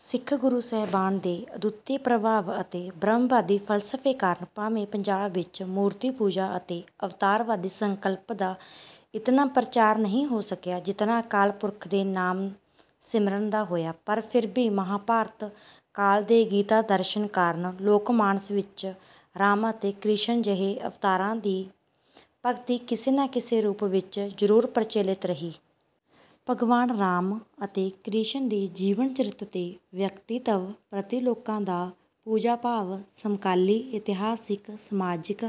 ਸਿੱਖ ਗੁਰੂ ਸਾਹਿਬਾਨ ਦੇ ਅਦੁੱਤੀ ਪ੍ਰਭਾਵ ਅਤੇ ਬ੍ਰਹਮਵਾਦੀ ਫ਼ਲਸਫ਼ੇ ਕਾਰਨ ਭਾਵੇਂ ਪੰਜਾਬ ਵਿੱਚ ਮੂਰਤੀ ਪੂਜਾ ਅਤੇ ਅਵਤਾਰਵਾਦੀ ਸੰਕਲਪ ਦਾ ਇਤਨਾ ਪ੍ਰਚਾਰ ਨਹੀਂ ਹੋ ਸਕਿਆ ਜਿਤਨਾ ਅਕਾਲ ਪੁਰਖ ਦੇ ਨਾਮ ਸਿਮਰਨ ਦਾ ਹੋਇਆ, ਪਰ ਫਿਰ ਵੀ ਮਹਾਭਾਰਤ ਕਾਲ ਦੇ ਗੀਤਾ ਦਰਸ਼ਨ ਕਾਰਨ ਲੋਕ-ਮਾਨਸ ਵਿੱਚ ਰਾਮ ਅਤੇ ਕ੍ਰਿਸ਼ਨ ਜਿਹੇ ਅਵਤਾਰਾਂ ਦੀ ਭਗਤੀ ਕਿਸੇ ਨਾ ਕਿਸੇ ਰੂਪ ਵਿੱਚ ਜ਼ਰੂਰ ਪ੍ਰਚਲਿਤ ਰਹੀ। ਭਗਵਾਨ ਰਾਮ ਅਤੇ ਕ੍ਰਿਸ਼ਨ ਦੇ ਜੀਵਨ-ਚਰਿਤ ਤੇ ਵਿਅਕਤਿਤਵ ਪ੍ਰਤੀ ਲੋਕਾਂ ਦਾ ਪੂਜਾ-ਭਾਵ ਸਮਕਾਲੀ ਇਤਿਹਾਸਕ, ਸਮਾਜਿਕ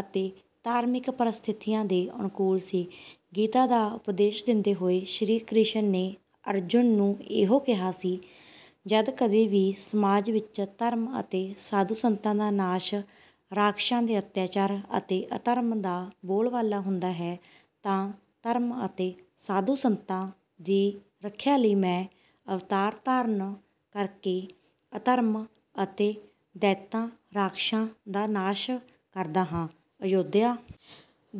ਅਤੇ ਧਾਰਮਿਕ ਪ੍ਰਸਥਿਤੀਆਂ ਦੇ ਅਨੁਕੂਲ ਸੀ। ਗੀਤਾ ਦਾ ਉਪਦੇਸ਼ ਦਿੰਦੇ ਹੋਏ ਸ਼੍ਰੀ ਕ੍ਰਿਸ਼ਨ ਨੇ ਅਰਜੁਨ ਨੂੰ ਇਹੋ ਕਿਹਾ ਸੀ, "ਜਦ ਕਦੇ ਵੀ ਸਮਾਜ ਵਿੱਚ ਧਰਮ ਅਤੇ ਸਾਧੂ-ਸੰਤਾਂ ਦਾ ਨਾਸ਼, ਰਾਖਸ਼ਾਂ ਦੇ ਅੱਤਿਆਚਾਰ ਅਤੇ ਅਧਰਮ ਦਾ ਬੋਲਬਾਲਾ ਹੁੰਦਾ ਹੈ, ਤਾਂ ਧਰਮ ਅਤੇ ਸਾਧੂ-ਸੰਤਾਂ ਦੀ ਰੱਖਿਆ ਲਈ ਮੈਂ ਅਵਤਾਰ ਧਾਰਨ ਕਰ ਕੇ ਅਧਰਮ ਅਤੇ ਦੈਂਤਾਂ-ਰਾਖਸ਼ਾਂ ਦਾ ਨਾਸ਼ ਕਰਦਾ ਹਾਂ।"ਅਯੋਧਿਆ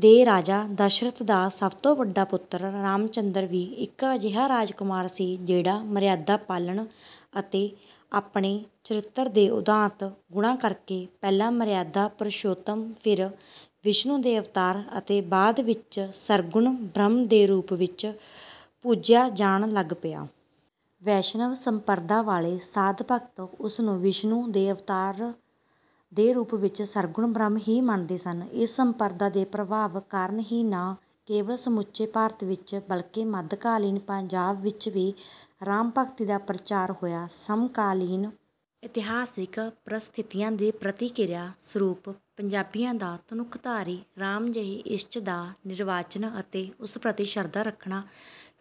ਦੇ ਰਾਜਾ ਦਸ਼ਰਥ ਦਾ ਸਭ ਤੋਂ ਵੱਡਾ ਪੁੱਤਰ ਰਾਮਚੰਦਰ ਵੀ ਇੱਕ ਅਜਿਹਾ ਰਾਜਕੁਮਾਰ ਸੀ, ਜਿਹੜਾ ਮਰਿਆਦਾ ਪਾਲਣ ਅਤੇ ਆਪਣੇ ਚਰਿੱਤਰ ਦੇ ਉਦਾਤ ਗੁਣਾਂ ਕਰ ਕੇ ਪਹਿਲਾਂ 'ਮਰਿਆਦਾ ਪੁਰਸ਼ੋਤਮ', ਫਿਰ ਵਿਸ਼ਨੂੰ ਦੇ ਅਵਤਾਰ ਅਤੇ ਬਾਅਦ ਵਿੱਚ ਸਰਗੁਣ ਬ੍ਰਹਮ ਦੇ ਰੂਪ ਵਿੱਚ ਪੂਜਿਆ ਜਾਣ ਲੱਗ ਪਿਆ। ਵੈਸ਼ਨਵ ਸੰਪਰਦਾ ਵਾਲੇ ਸਾਧ-ਭਗਤ ਉਸ ਨੂੰ ਵਿਸ਼ਨੂੰ ਦੇ ਅਵਤਾਰ ਦੇ ਰੂਪ ਵਿੱਚ ਸਰਗੁਣ ਬ੍ਰਹਮ ਹੀ ਮੰਨਦੇ ਸਨ। ਇਸ ਸੰਪਰਦਾ ਦੇ ਪ੍ਰਭਾਵ ਕਾਰਨ ਹੀ ਨਾ ਕੇਵਲ ਸਮੁੱਚੇ ਭਾਰਤ ਵਿੱਚ, ਬਲਕਿ ਮੱਧਕਾਲੀਨ ਪੰਜਾਬ ਵਿੱਚ ਵੀ ਰਾਮ ਭਗਤੀ ਦਾ ਪ੍ਰਚਾਰ ਹੋਇਆ। ਸਮਕਾਲੀਨ ਇਤਿਹਾਸਕ ਪ੍ਰਸਥਿਤੀਆਂ ਦੀ ਪ੍ਰਤੀਕਿਰਿਆ ਸਰੂਪ ਪੰਜਾਬੀਆਂ ਦਾ ਧਨੁਖਧਾਰੀ ਰਾਮ ਜਿਹੇ ਇਸ਼ਟ ਦਾ ਨਿਰਵਾਚਨ ਅਤੇ ਉਸ ਪ੍ਰਤੀ ਸ਼ਰਧਾ ਰੱਖਣਾ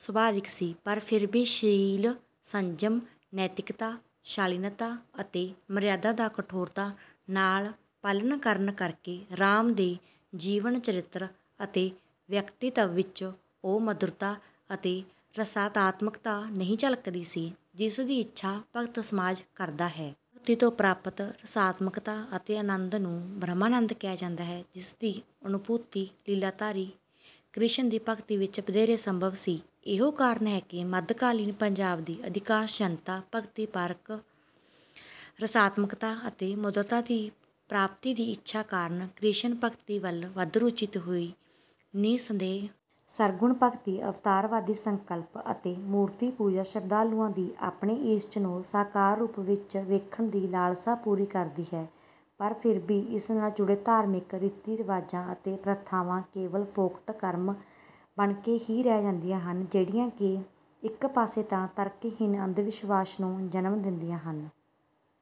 ਸੁਭਾਵਿਕ ਸੀ। ਪਰ ਫਿਰ ਵੀ ਸ਼ੀਲ, ਸੰਜਮ, ਨੈਤਿਕਤਾ, ਸ਼ਾਲੀਨਤਾ ਅਤੇ ਮਰਿਆਦਾ ਦਾ ਕਠੋਰਤਾ ਨਾਲ ਪਾਲਣ ਕਰਨ ਕਰ ਕੇ ਰਾਮ ਦੇ ਜੀਵਨ-ਚਰਿੱਤਰ ਅਤੇ ਵਿਅਕਤਿਤਵ ਵਿੱਚ ਉਹ ਮਧੁਰਤਾ ਅਤੇ ਰਸਾਤਮਕਤਾ ਨਹੀਂ ਝਲਕਦੀ ਸੀ, ਜਿਸ ਦੀ ਇੱਛਾ ਭਗਤ-ਸਮਾਜ ਕਰਦਾ ਹੈ। ਭਗਤੀ ਤੋਂ ਪ੍ਰਾਪਤ ਰਸਾਤਮਕਤਾ ਅਤੇ ਆਨੰਦ ਨੂੰ 'ਬ੍ਰਹਮਾਨੰਦ' ਕਿਹਾ ਜਾਂਦਾ ਹੈ, ਜਿਸ ਦੀ ਅਨੁਭੂਤੀ ਲੀਲਾਧਾਰੀ ਕ੍ਰਿਸ਼ਨ ਦੀ ਭਗਤੀ ਵਿੱਚ ਵਧੇਰੇ ਸੰਭਵ ਸੀ। ਇਹੋ ਕਾਰਨ ਹੈ ਕਿ ਮੱਧਕਾਲੀਨ ਪੰਜਾਬ ਦੀ ਅਧਿਕਾਂਸ਼ ਜਨਤਾ ਭਗਤੀਪਰਕ ਰਸਾਤਮਕਤਾ ਅਤੇ ਮਧੁਰਤਾ ਦੀ ਪ੍ਰਾਪਤੀ ਦੀ ਇੱਛਾ ਕਾਰਨ ਕ੍ਰਿਸ਼ਨ ਭਗਤੀ ਵੱਲ ਵੱਧ ਰੁਚਿਤ ਹੋਈ। ਨਿਸੰਦੇਹ ਸਰਗੁਣ ਭਗਤੀ, ਅਵਤਾਰਵਾਦੀ ਸੰਕਲਪ ਅਤੇ ਮੂਰਤੀ ਪੂਜਾ ਸ਼ਰਧਾਲੂਆਂ ਦੀ ਆਪਣੇ ਇਸ਼ਟ ਨੂੰ ਸਾਕਾਰ ਰੂਪ ਵਿੱਚ ਵੇਖਣ ਦੀ ਲਾਲਸਾ ਪੂਰੀ ਕਰਦੀ ਹੈ, ਪਰ ਫਿਰ ਵੀ ਇਸ ਨਾਲ ਜੁੜੇ ਧਾਰਮਿਕ ਰੀਤੀ-ਰਿਵਾਜ ਅਤੇ ਪ੍ਰਥਾਵਾਂ ਕੇਵਲ ਫੋਕਟ ਕਰਮ ਬਣ ਕੇ ਹੀ ਰਹਿ ਜਾਂਦੀਆਂ ਹਨ, ਜਿਹੜੀਆਂ ਕਿ ਇੱਕ ਪਾਸੇ ਤਾਂ ਤਰਕਹੀਣ ਅੰਧ-ਵਿਸ਼ਵਾਸ ਨੂੰ ਜਨਮ ਦਿੰਦੀਆਂ ਹਨ..